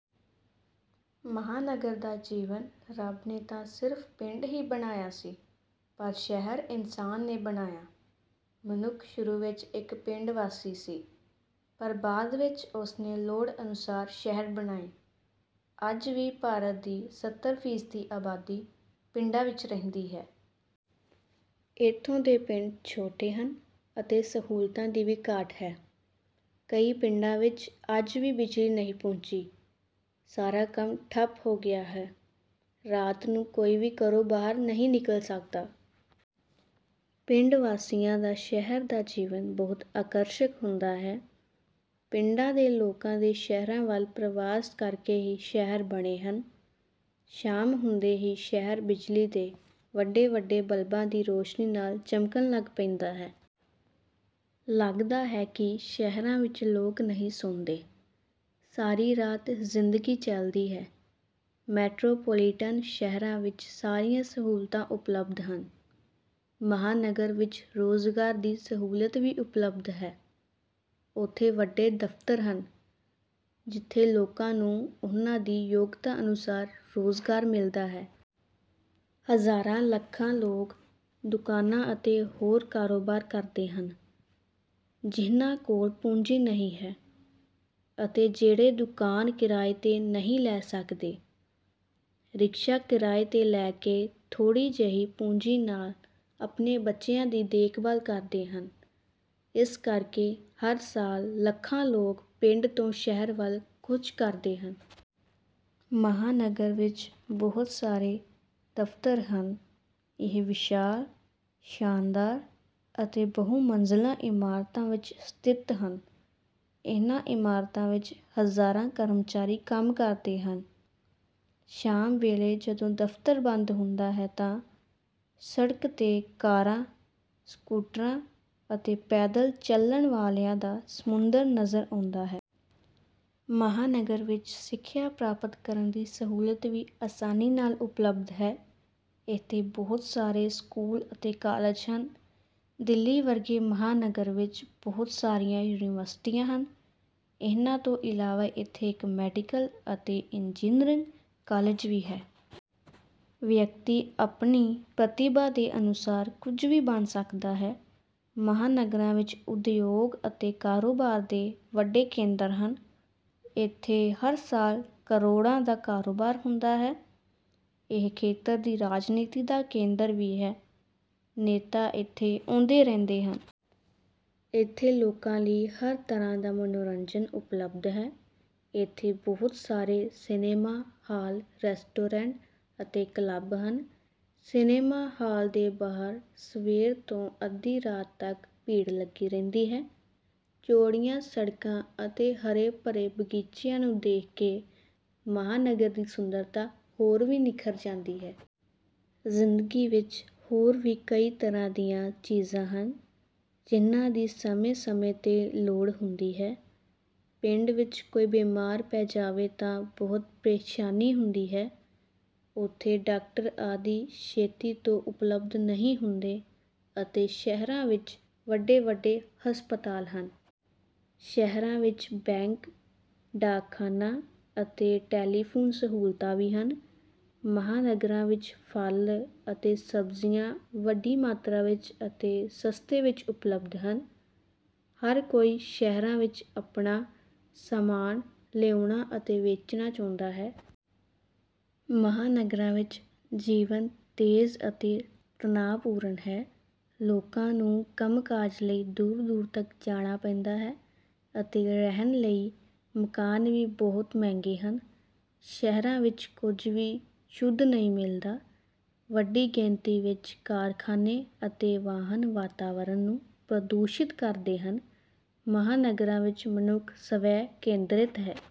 ਮਹਾਨਗਰ ਦਾ ਜੀਵਨ ਰੱਬ ਨੇ ਤਾਂ ਸਿਰਫ਼ ਪਿੰਡ ਹੀ ਬਣਾਇਆ ਸੀ ਪਰ ਸ਼ਹਿਰ ਇਨਸਾਨ ਨੇ ਬਣਾਇਆ। ਮਨੁੱਖ ਸ਼ੁਰੂ ਵਿੱਚ ਇੱਕ ਪਿੰਡ ਵਾਸੀ ਸੀ। ਪਰ ਬਾਅਦ ਵਿੱਚ ਉਸ ਨੇ ਲੋੜ ਅਨੁਸਾਰ ਸ਼ਹਿਰ ਬਣਾਏ। ਅੱਜ ਵੀ ਭਾਰਤ ਦੀ ਸੱਤਰ ਫੀਸਦੀ ਆਬਾਦੀ ਪਿੰਡਾਂ ਵਿੱਚ ਰਹਿੰਦੀ ਹੈ। ਇੱਥੋਂ ਦੇ ਪਿੰਡ ਛੋਟੇ ਹਨ ਅਤੇ ਸਹੂਲਤਾਂ ਦੀ ਵੀ ਘਾਟ ਹੈ। ਕਈ ਪਿੰਡਾਂ ਵਿੱਚ ਅੱਜ ਵੀ ਬਿਜਲੀ ਨਹੀਂ ਪਹੁੰਚੀ। ਸਾਰਾ ਕੰਮ ਠੱਪ ਹੋ ਗਿਆ ਹੈ। ਰਾਤ ਨੂੰ ਕੋਈ ਵੀ ਘਰੋਂ ਬਾਹਰ ਨਹੀਂ ਨਿਕਲ ਸਕਦਾ। ਪਿੰਡ ਵਾਸੀਆਂ ਦਾ ਸ਼ਹਿਰ ਦਾ ਜੀਵਨ ਬਹੁਤ ਆਕਰਸ਼ਕ ਹੁੰਦਾ ਹੈ। ਪਿੰਡਾਂ ਦੇ ਲੋਕਾਂ ਦੇ ਸ਼ਹਿਰਾਂ ਵੱਲ ਪਰਵਾਸ ਕਰਕੇ ਹੀ ਸ਼ਹਿਰ ਬਣੇ ਹਨ। ਸ਼ਾਮ ਹੁੰਦੇ ਹੀ ਸ਼ਹਿਰ ਬਿਜਲੀ ਦੇ ਵੱਡੇ-ਵੱਡੇ ਬਲਬਾਂ ਦੀ ਰੋਸ਼ਨੀ ਨਾਲ ਚਮਕਣ ਲੱਗ ਪੈਂਦਾ ਹੈ। ਲੱਗਦਾ ਹੈ ਕਿ ਸ਼ਹਿਰਾਂ ਵਿੱਚ ਲੋਕ ਨਹੀਂ ਸੌਂਦੇ, ਸਾਰੀ ਰਾਤ ਜ਼ਿੰਦਗੀ ਚਲਦੀ ਹੈ। ਮੈਟਰੋਪੋਲੀਟਨ ਸ਼ਹਿਰਾਂ ਵਿੱਚ ਸਾਰੀਆਂ ਸਹੂਲਤਾਂ ਉਪਲਬਧ ਹਨ। ਮਹਾਂਨਗਰ ਵਿੱਚ ਰੁਜ਼ਗਾਰ ਦੀ ਸਹੂਲਤ ਵੀ ਉਪਲਬਧ ਹੈ। ਉੱਥੇ ਵੱਡੇ ਦਫ਼ਤਰ ਹਨ। ਜਿੱਥੇ ਲੋਕਾਂ ਨੂੰ ਉਨ੍ਹਾਂ ਦੀ ਯੋਗਤਾ ਅਨੁਸਾਰ ਰੁਜ਼ਗਾਰ ਮਿਲਦਾ ਹੈ। ਹਜ਼ਾਰਾਂ-ਲੱਖਾਂ ਲੋਕ ਦੁਕਾਨਾਂ ਅਤੇ ਹੋਰ ਕਾਰੋਬਾਰ ਕਰਦੇ ਹਨ। ਜਿਨ੍ਹਾਂ ਕੋਲ ਪੂੰਜੀ ਨਹੀਂ ਹੈ। ਅਤੇ ਜਿਹੜੇ ਦੁਕਾਨ ਕਿਰਾਏ 'ਤੇ ਨਹੀਂ ਲੈ ਸਕਦੇ। ਰਿਕਸ਼ਾ ਕਿਰਾਏ 'ਤੇ ਲੈ ਕੇ ਥੋੜ੍ਹੀ ਜਿਹੀ ਪੂੰਜੀ ਨਾਲ ਆਪਣੇ ਬੱਚਿਆਂ ਦੀ ਦੇਖਭਾਲ ਕਰਦੇ ਹਨ, ਇਸੇ ਕਰਕੇ ਹਰ ਸਾਲ ਲੱਖਾਂ ਲੋਕ ਪਿੰਡ ਤੋਂ ਸ਼ਹਿਰ ਵੱਲ ਕੂਚ ਕਰਦੇ ਹਨ। ਮਹਾਂਨਗਰ ਵਿੱਚ ਬਹੁਤ ਸਾਰੇ ਦਫ਼ਤਰ ਹਨ। ਇਹ ਵਿਸ਼ਾਲ, ਸ਼ਾਨਦਾਰ ਅਤੇ ਬਹੁ-ਮੰਜ਼ਲਾ ਇਮਾਰਤਾਂ ਵਿੱਚ ਸਥਿਤ ਹਨ। ਇਨ੍ਹਾਂ ਇਮਾਰਤਾਂ ਵਿੱਚ ਹਜ਼ਾਰਾਂ ਕਰਮਚਾਰੀ ਕੰਮ ਕਰਦੇ ਹਨ। ਸ਼ਾਮ ਵੇਲੇ ਜਦੋਂ ਦਫ਼ਤਰ ਬੰਦ ਹੁੰਦਾ ਹੈ ਤਾਂ ਸੜਕ 'ਤੇ ਕਾਰਾਂ, ਸਕੂਟਰਾਂ ਅਤੇ ਪੈਦਲ ਚੱਲਣ ਵਾਲਿਆਂ ਦਾ ਸਮੁੰਦਰ ਨਜ਼ਰ ਆਉਂਦਾ ਹੈ। ਮਹਾਂਨਗਰ ਵਿੱਚ ਸਿੱਖਿਆ ਪ੍ਰਾਪਤ ਕਰਨ ਦੀ ਸਹੂਲਤ ਵੀ ਆਸਾਨੀ ਨਾਲ ਉਪਲਬਧ ਹੈ। ਇੱਥੇ ਬਹੁਤ ਸਾਰੇ ਸਕੂਲ ਅਤੇ ਕਾਲਜ ਹਨ। ਦਿੱਲੀ ਵਰਗੇ ਮਹਾਂਨਗਰ ਵਿੱਚ ਬਹੁਤ ਸਾਰੀਆਂ ਯੂਨੀਵਰਸਿਟੀਆਂ ਹਨ। ਇਨ੍ਹਾਂ ਤੋਂ ਇਲਾਵਾ ਇੱਥੇ ਇੱਕ ਮੈਡੀਕਲ ਅਤੇ ਇੰਜਨੀਅਰਿੰਗ ਕਾਲਜ ਵੀ ਹੈ। ਵਿਅਕਤੀ ਆਪਣੀ ਪ੍ਰਤਿਭਾ ਦੇ ਅਨੁਸਾਰ ਕੁਝ ਵੀ ਬਣ ਸਕਦਾ ਹੈ। ਮਹਾਨਗਰਾਂ ਵਿੱਚ ਉਦਯੋਗ ਅਤੇ ਕਾਰੋਬਾਰ ਦੇ ਵੱਡੇ ਕੇਂਦਰ ਹਨ। ਇੱਥੇ ਹਰ ਸਾਲ ਕਰੋੜਾਂ ਦਾ ਕਾਰੋਬਾਰ ਹੁੰਦਾ ਹੈ। ਇਹ ਖੇਤਰ ਦੀ ਰਾਜਨੀਤੀ ਦਾ ਕੇਂਦਰ ਵੀ ਹੈ, ਨੇਤਾ ਇੱਥੇ ਆਉਂਦੇ ਰਹਿੰਦੇ ਹਨ। ਇੱਥੇ ਲੋਕਾਂ ਲਈ ਹਰ ਤਰ੍ਹਾਂ ਦਾ ਮਨੋਰੰਜਨ ਉਪਲਬਧ ਹੈ। ਇੱਥੇ ਬਹੁਤ ਸਾਰੇ ਸਿਨੇਮਾ ਹਾਲ, ਰੈਸਟੋਰੈਂਟ ਅਤੇ ਕਲੱਬ ਹਨ। ਸਿਨੇਮਾ ਹਾਲ ਦੇ ਬਾਹਰ ਸਵੇਰ ਤੋਂ ਅੱਧੀ ਰਾਤ ਤੱਕ ਭੀੜ ਲੱਗੀ ਰਹਿੰਦੀ ਹੈ। ਚੌੜੀਆਂ ਸੜਕਾਂ ਅਤੇ ਹਰੇ-ਭਰੇ ਬਗੀਚਿਆਂ ਨੂੰ ਦੇਖ ਕੇ ਮਹਾਂਨਗਰ ਦੀ ਸੁੰਦਰਤਾ ਹੋਰ ਵੀ ਨਿਖਰ ਜਾਂਦੀ ਹੈ। ਜ਼ਿੰਦਗੀ ਵਿਚ ਹੋਰ ਵੀ ਕਈ ਤਰ੍ਹਾਂ ਦੀਆਂ ਚੀਜ਼ਾਂ ਹਨ। ਜਿਨ੍ਹਾਂ ਦੀ ਸਮੇਂ-ਸਮੇਂ 'ਤੇ ਲੋੜ ਹੁੰਦੀ ਹੈ। ਪਿੰਡ ਵਿੱਚ ਕੋਈ ਬਿਮਾਰ ਪੈ ਜਾਵੇ ਤਾਂ ਬਹੁਤ ਪ੍ਰੇਸ਼ਾਨੀ ਹੁੰਦੀ ਹੈ। ਉਥੇ ਡਾਕਟਰ ਆਦਿ ਛੇਤੀ ਤੋਂ ਉਪਲਬਧ ਨਹੀਂ ਹੁੰਦੇ ਅਤੇ ਸ਼ਹਿਰਾਂ ਵਿਚ ਵੱਡੇ-ਵੱਡੇ ਹਸਪਤਾਲ ਹਨ। ਸ਼ਹਿਰਾਂ ਵਿੱਚ ਬੈਂਕ, ਡਾਕਖਾਨਾ ਅਤੇ ਟੈਲੀਫੋਨ ਸਹੂਲਤਾਂ ਵੀ ਹਨ। ਮਹਾਨਗਰਾਂ ਵਿੱਚ ਫਲ ਅਤੇ ਸਬਜ਼ੀਆਂ ਵੱਡੀ ਮਾਤਰਾ ਵਿੱਚ ਅਤੇ ਸਸਤੇ ਵਿੱਚ ਉਪਲਬਧ ਹਨ। ਹਰ ਕੋਈ ਸ਼ਹਿਰਾਂ ਵਿੱਚ ਆਪਣਾ ਸਾਮਾਨ ਲਿਆਉਣਾ ਅਤੇ ਵੇਚਣਾ ਚਾਹੁੰਦਾ ਹੈ। ਮਹਾਨਗਰਾਂ ਵਿੱਚ ਜੀਵਨ ਤੇਜ਼ ਅਤੇ ਤਣਾਅਪੂਰਨ ਹੈ। ਲੋਕਾਂ ਨੂੰ ਕੰਮ-ਕਾਜ ਲਈ ਦੂਰ-ਦੂਰ ਤੱਕ ਜਾਣਾ ਪੈਂਦਾ ਹੈ ਅਤੇ ਰਹਿਣ ਲਈ ਮਕਾਨ ਵੀ ਬਹੁਤ ਮਹਿੰਗੇ ਹਨ। ਸ਼ਹਿਰਾਂ ਵਿੱਚ ਕੁਝ ਵੀ ਸ਼ੁੱਧ ਨਹੀਂ ਮਿਲਦਾ। ਵੱਡੀ ਗਿਣਤੀ ਵਿੱਚ ਕਾਰਖਾਨੇ ਅਤੇ ਵਾਹਨ ਵਾਤਾਵਰਨ ਨੂੰ ਪ੍ਰਦੂਸ਼ਿਤ ਕਰਦੇ ਹਨ। ਮਹਾਨਗਰਾਂ ਵਿੱਚ ਮਨੁੱਖ ਸਵੈ-ਕੇਂਦਰਿਤ ਹੈ।